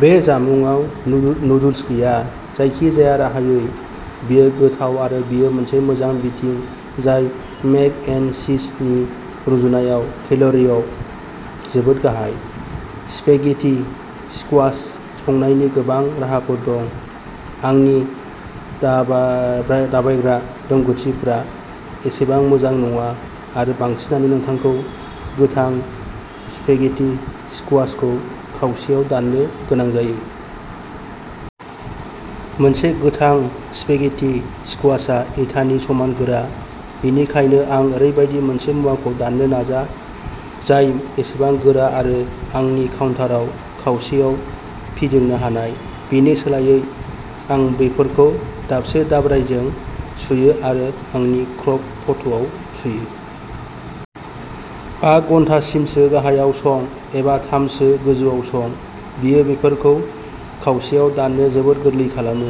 बे जामुंआव नुडल्स गैया। जायखिजाया राहायै, बेयो गोथाव आरो बेयो मोनसे मोजां बिथिं जाय मेक एन्ड चिजनि रुजुनायाव केल'रिआव जोबोद गाहाय। स्पेगेटि स्कुवाश संनायनि गोबां राहाफोर दं। आंनि दाबा दाब्रायग्रा रोंग'थिफोरा एसेबां मोजां नङा आरो बांसिनानो नोंथांखौ गोथां स्पेगेटि स्कुवाशखौ खावसेयाव दाननो गोनां जायो। मोनसे गोथां स्पेगेटि स्कुवाशआ इटानि समान गोरा, बेनिखायनो आं ओरैबायदि मोनसे मुवाखौ दाननो नाजा जाय एसेबां गोरा आरो आंनि काउन्टाराव खावसेयाव फिदिंनो हानाय। बेनि सोलायै, आं बेफोरखौ दाबसे दाब्रायजों सुयो आरो आंनि क्रक पटआव सुयो। बा घन्टासोसिम गाहायाव सं, एबा थामसो गोजौयाव सं। बेयो बेफोरखौ खावसेयाव दाननो जोबोद गोरलै खालामो।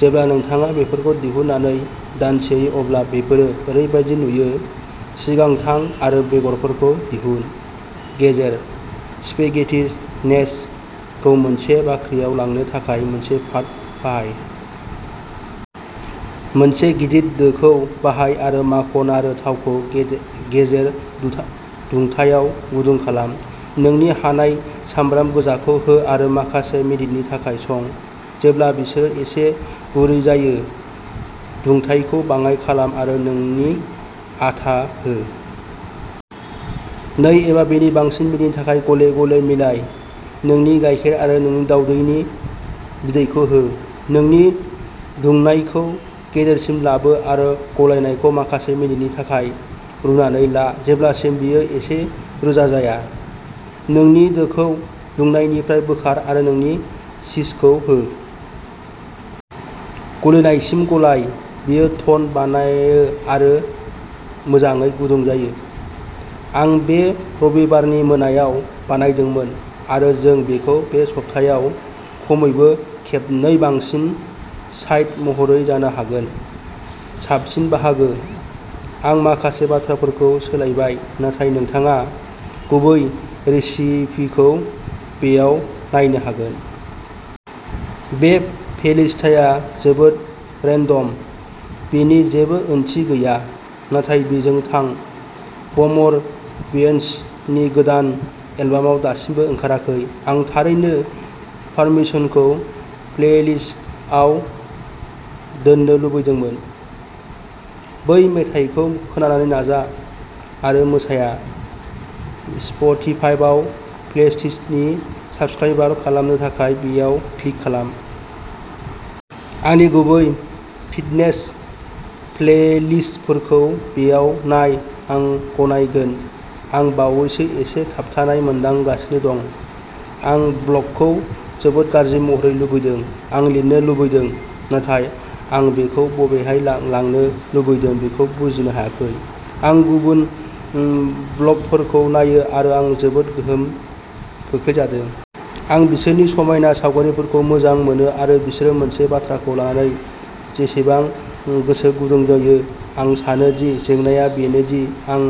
जेब्ला नोंथाङा बेफोरखौ दिहुननानै दानस'यो अब्ला बेफोरो ओरैबायदि नुयो। सिगां थां आरो बेगरफोरखौ दिहुन। गेजेर। "स्पेगेटि-नेस" खौ मोनसे बाख्रियाव लांनो थाखाय मोनसे फार्क बाहाय। मोनसे गिदिर दोखौ बाहाय आरो माखन आरो थावखौ गे-गेजेर दुं-दुंथायाव गुदुं खालाम। नोंनि हानाय सामब्राम गोजाखौ हो आरो माखासे मिनिटनि थाखाय सं। जेब्ला बिसोर एसे गुरै जायो। दुंथायखौ बाङाय खालाम आरो नोंनि आटा हो। नै एबा बिनि बांसिन मिनिटनि थाखाय गले-गले मिलाय। नोंनि गायखेर आरो नोंनि दाउदैनि बिदैखौ हो। नोंनि दुंनायखौ गेजेरसिम लाबो आरो गलायनायखौ माखासे मिनिटनि थाखाय रुनानै ला जेब्लासिम बेयो एसे रोजा जाया। नोंनि दोखौ दुंनायनिफ्राय बोखार आरो नोंनि चीजखौ हो। गलिनायसिम गलाय। बेयो टन बानायो आरो मोजाङै गुदुं जायो। आं बे रबिबारनि मोनायाव बानायदोंमोन आरो जों बेखौ बे सप्तायाव खमैबो खेबनै बांसिन साइड महरै जानो हागोन। साबसिन बाहागो? आं माखासे बाथ्राफोरखौ सोलायबाय, नाथाय नोंथाङा गुबै रेसिपिखौ बेयाव नायनो हागोन। बे प्लेलिस्टआ जोबोद रेन्डम। बेनि जेबो ओंथि गैया, नाथाय बेजों थां। बमर बियन्सनि गोदान एलबामआ दासिमबो ओंखाराखै। आं थारैनो फर्मेसनखौ प्लेलिस्टआव दोननो लुबैदोंमोन। बै मेथाइखौ खोनानो नाजा आरो मोसाया। स्पटिफाइआव प्लेलिस्टनि साबस्क्राइब खालामनो थाखाय बेयाव क्लिक खालाम। आंनि गुबुन फिटनेस प्लेलिस्टफोरखौ बेयाव नाय आं गनायनांगोन, आं बावैसो एसे थाबथानाय मोनदांगासिनो दं। आं ब्लगखौ जोबोद गाज्रि महरै लुबैदों। आं लिरनो लुबैदों, नाथाय आं बेखौ बबेहाय लांनो लुबैदों बेखौ बुजिनो हायाखै। आं गुबुन ब्लगफोरखौ नायो आरो आं जोबोद गोहोम खोख्लैजादों। आं बिसोरनि समायना सावगारिफोरखौ मोजां मोनो आरो बिसोर मोनसे बाथ्राखौ लानानै बेसेबां गोसो गुदुं नुयो। आं सानो दि जेंनाआ बेनो दि आं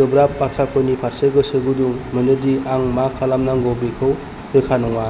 गोबां बाथ्राफोरनि फारसे गोसो गुदुं मोनो दि आं मा खालामनांगौ बेखौ रोखा नङा।